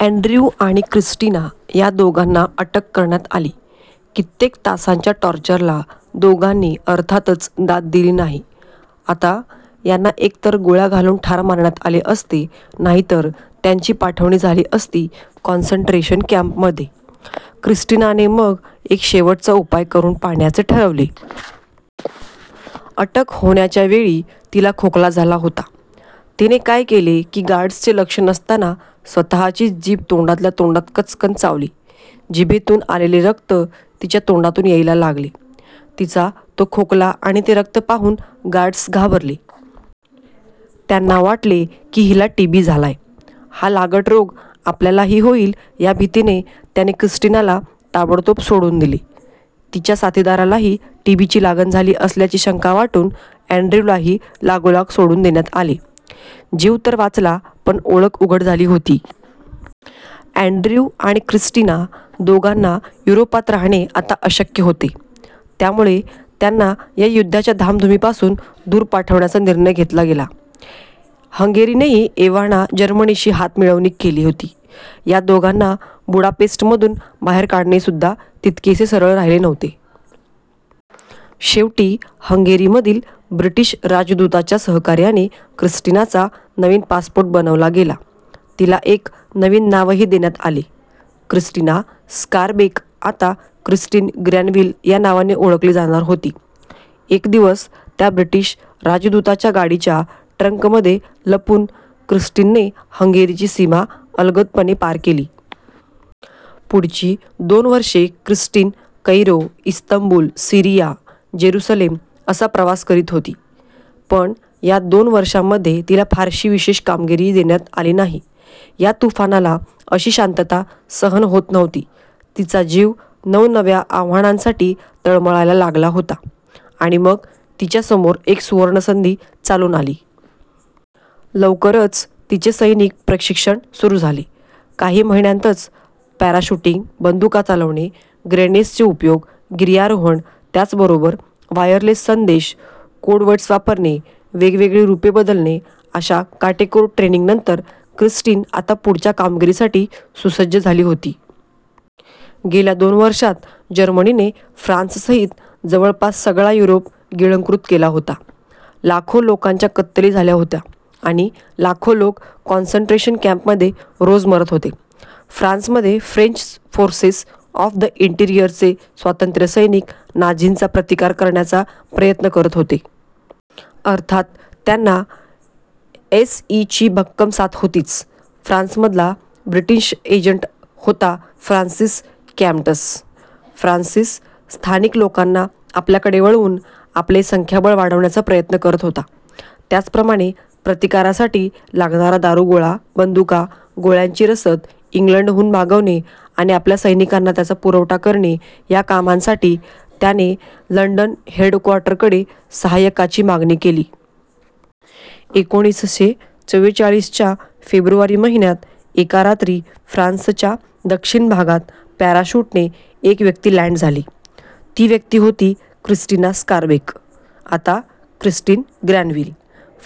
Andrew आणि Christina या दोघांना अटक करण्यात आली. कित्येक तासांच्या टॉर्चरला दोघांनी अर्थातच दाद दिली नाही. आता यांना एकतर गोळ्या घालून ठार मारण्यात आले असते, नाहीतर त्यांची पाठवणी झाली असती कॉन्सन्ट्रेशन कँपमध्ये. क्रिस्टीनाने मग एक शेवटचा उपाय करून पाहण्याचे ठरवले. अटक होण्याच्या वेळी तिला खोकला झाला होता. तिने काय केले की गार्ड्सचे लक्ष नसताना स्वतःचीच जीभ तोंडातल्या तोंडात कच्चकन चावली. जिभेतून आलेले रक्त तिच्या तोंडातून यायला लागले. तिचा तो खोकला आणि ते रक्त पाहून गार्ड्स घाबरले. त्यांना वाटले की हिला टीबी झालाय. हा लागट रोग आपल्यालाही होईल या भीतीने त्यांनी क्रिस्टीनाला ताबडतोब सोडून दिले. तिच्या साथीदारालाही टीबीची लागण झाली असल्याची शंका वाटून अँड्र्यूलाही लगोलाग सोडून देण्यात आले. जीव तर वाचला, पण ओळख उघड झाली होती. अँड्र्यू आणि क्रिस्टीना दोघांना युरोपात राहणे आता अशक्य होते. त्यामुळे त्यांना या युद्धाच्या धामधुमीपासून दूर पाठवण्याचा निर्णय घेतला गेला. हंगेरीनेही एव्हाना जर्मनीशी हातमिळवणी केली होती. या दोघांना बुडापेस्टमधून बाहेर काढणेसुद्धा तितकेसे सरळ राहिले नव्हते. शेवटी हंगेरीमधील ब्रिटिश राजदूताच्या सहकार्याने क्रिस्टीनाचा नवीन पासपोर्ट बनवला गेला. तिला एक नवीन नावही देण्यात आले. क्रिस्टीना स्कारबेक आता क्रिस्टीन ग्रॅनविल या नावाने ओळखली जाणार होती. एक दिवस त्या ब्रिटिश राजदूताच्या गाडीच्या ट्रंकमध्ये लपून क्रिस्टीनने हंगेरीची सीमा अलगदपणे पार केली. पुढची दोन वर्षे Christine Cairo, Istanbul, Syria, Jerusalem असा प्रवास करत होती. पण या दोन वर्षांमध्ये तिला फारशी विशेष कामगिरी देण्यात आली नाही. या तुफानाला अशी शांतता सहन होत नव्हती. तिचा जीव नवनव्या आव्हानांसाठी तळमळायला लागला होता आणि मग तिच्यासमोर एक सुवर्णसंधी चालून आली. लवकरच तिचे सैनिकी प्रशिक्षण सुरू झाले. काही महिन्यांतच पॅराशूटिंग, बंदुका चालवणे, ग्रेनेड्सचा उपयोग, गिर्यारोहण, त्याचबरोबर वायरलेस संदेश, कोड वर्ड्स वापरणे, वेगवेगळी रूपे बदलणे अशा काटेकोर ट्रेनिंगनंतर क्रिस्टीन आता पुढच्या कामगिरीसाठी सुसज्ज झाली होती. गेल्या दोन वर्षांत जर्मनीने फ्रान्ससहित जवळपास सगळा युरोप गिळंकृत केला होता. लाखो लोकांच्या कत्तली झाल्या होत्या आणि लाखो लोक कॉन्सन्ट्रेशन कँप्समध्ये रोज मरत होते. फ्रान्समध्ये फ्रेंच फोर्सेस ऑफ द इंटीरियरचे स्वातंत्र्यसैनिक नाझींचा प्रतिकार करण्याचा प्रयत्न करत होते. अर्थात त्यांना एस.ई.ची भक्कम साथ होतीच. फ्रान्समधला ब्रिटिश एजंट होता फ्रान्सिस कॅमट्स. फ्रान्सिस, स्थानिक लोकांना आपल्याकडे वळवून आपले संख्याबळ वाढवण्याच्या प्रयत्नात होता. त्याचप्रमाणे प्रतिकारासाठी लागणारा दारूगोळा, बंदुका, गोळ्यांची रसद इंग्लंडहून मागवणे आणि आपल्या सैनिकांना त्याचा पुरवठा करणे या कामांसाठी त्याने लंडन हेडक्वॉर्टरकडे साहाय्यकाची मागणी केली. एकोणीसशे चव्वेचाळीसच्या फेब्रुवारी महिन्यात एका रात्री फ्रान्सच्या दक्षिण भागात पॅराशूटने एक व्यक्ती लँड झाली. ती व्यक्ती होती क्रिस्टीना स्कारबेक आता क्रिस्टीन ग्रॅनविल!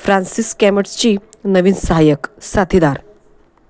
फ्रान्सिस कॅमट्सची नवीन साहाय्यक, साथीदार